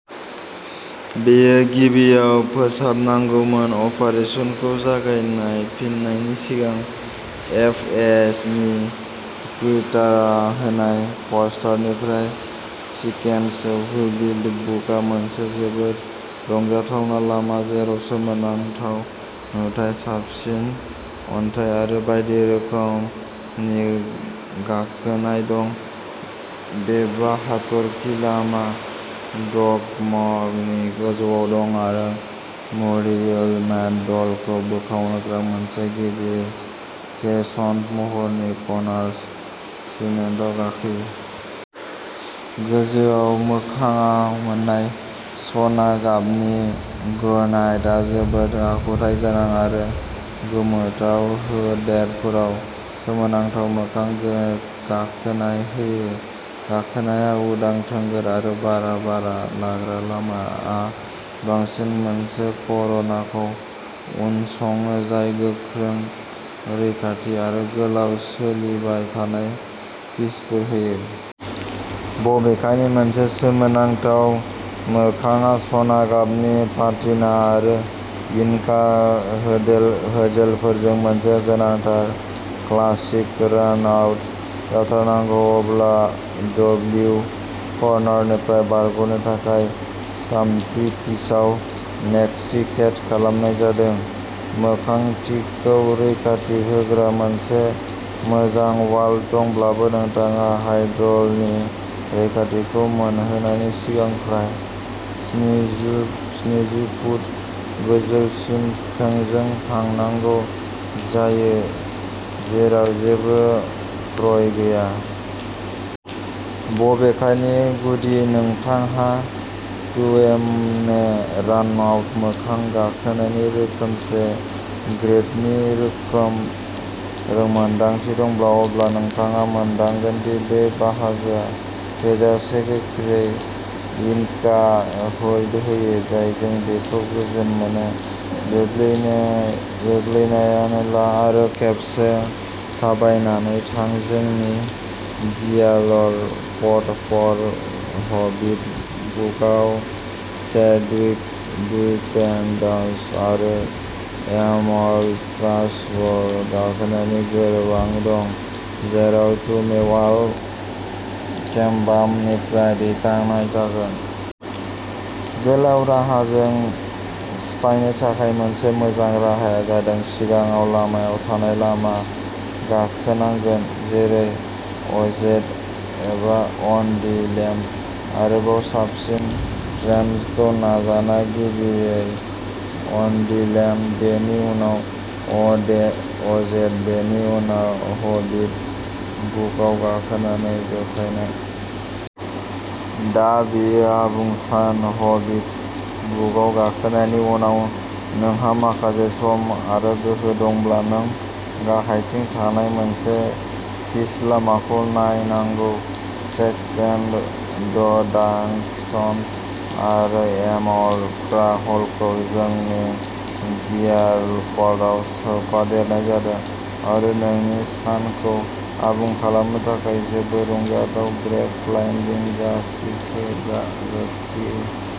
बेखौ गिबियाव फोसाबनांगौमोन अपारेशनखौ जागायफिन्नायनि सिगां। एफ ए ए नि टुइटारआव होनाय पस्टनिफ्राय स्क्रिनशट। हबिट बुकआ मोनसे जोबोद रंजाथाव लामा, जेराव सोमोनांथाव नुथाय, साबसिन अन्थाइ आरो बायदि रोखोमनि गाखोनाय दं। बे बा हाथरखि लामाआ ड्रग ड'मनि गोजौआव दं आरो मारियुलुम्ने ड'मखौ बोखावग्रा मोनसे गिदिर क्रेसेन्ट महरनि कर्नार सिस्टेमआव गाखोयो। गोजौ मोखांआव मोन्नाय सना गाबनि ग्रेनाइटआ जोबोद आखुथाय गोनां आरो गोमोथाव होल्डफोराव सोमोनांथाव मोखां गाखोनाय होयो। गाखोनाया उदां, थोंगोर आरो बार बारग्रा। लामाआ बांसिनै मोनसे ख'रनाखौ उनसङो जाय गोख्रों रैखाथि आरो गोलाव सोलिबाय थानाय पिचफोर होयो। बबेखानि मोनसे सोमोनांथाव मोखांआव सना गाबनि पाटिना आरो इनकाट होल्डफोरजों मोनसे गोनांथार क्लासिक रानआउट जाथारनांगौ। अ डब्लिउ कर्नारनिफ्राय बारग'नो थाखाय थामथि पिचआव नेग'सियेट खालामनाय जादों। मोखांखौ रैखाथि होग्रा मोनसे मोजां बल्ट दंब्लाबो नोंथाङा डाइहेड्रलनि रैखाथिखौ मोनहैनायनि सिगां फ्राय स्निजि फुट गोजौसिम थोंजों थांनांगौ जायो, जेराव जेबो प्र' गैया। बबेखानि, जुदि नोंथांहा तुअलुम्ने रानआउट मोखां गाखोनायनि रोखोमसे ग्रेडनि रोंमोन्दांथि दं अब्ला नोंथाङा मोनदांगोन दि बे बाहागोआ थोजासे गोख्रों इनकाट होल्ड होयो, जायजों बेखौ गोजोन मोनो। गोरलैयैनो ला आरो खेबसे थाबायनानै थां जोंनि गियारल' पटप' फर हबिट बुकआव सेकेन्डस टु डार्कनेस आरो एमएमएम क्राकाह'ल गाखोनायनि खौरांबो दं, जेराव तुअलुम्ने केम्पग्राउन्डनिफ्राय दिथाफोर जागायो। गोलाव राहाखौ सिफायनो थाखाय मोनसे मोजां राहाया जादों सिगाङाव लामायाव थानाय लामा गाखोनांगौ, जेरै अ जेड एबा अन दि लेम्ब। आरोबाव साबसिन ट्रिपलखौ नाजा। गिबियै अन दि लेम्ब, बेनि उनाव अ जेड बेनि उनाव हबिट बुकआव गाखोनानै जथायनाय। दा बेयो आबुं सान हबिट बुकआव गाखोनायनि उनाव नोंहा माखासे सम आरो गोहो दंब्ला, नों गाहायथिं थानाय मोनसेल' पिच लामाफोरखौ नायनांगौ। सेकेन्डस टु डार्कनेस आरो एमएमएम क्राकाह'ल खौ जोंनि गियारल'पटप'आव सोफादेरनाय जादों, आरो नोंनि सानखौ आबुं खालामनो थाखाय जोबोद रंजाथाव क्रैक क्लाइम्बिं जासियो।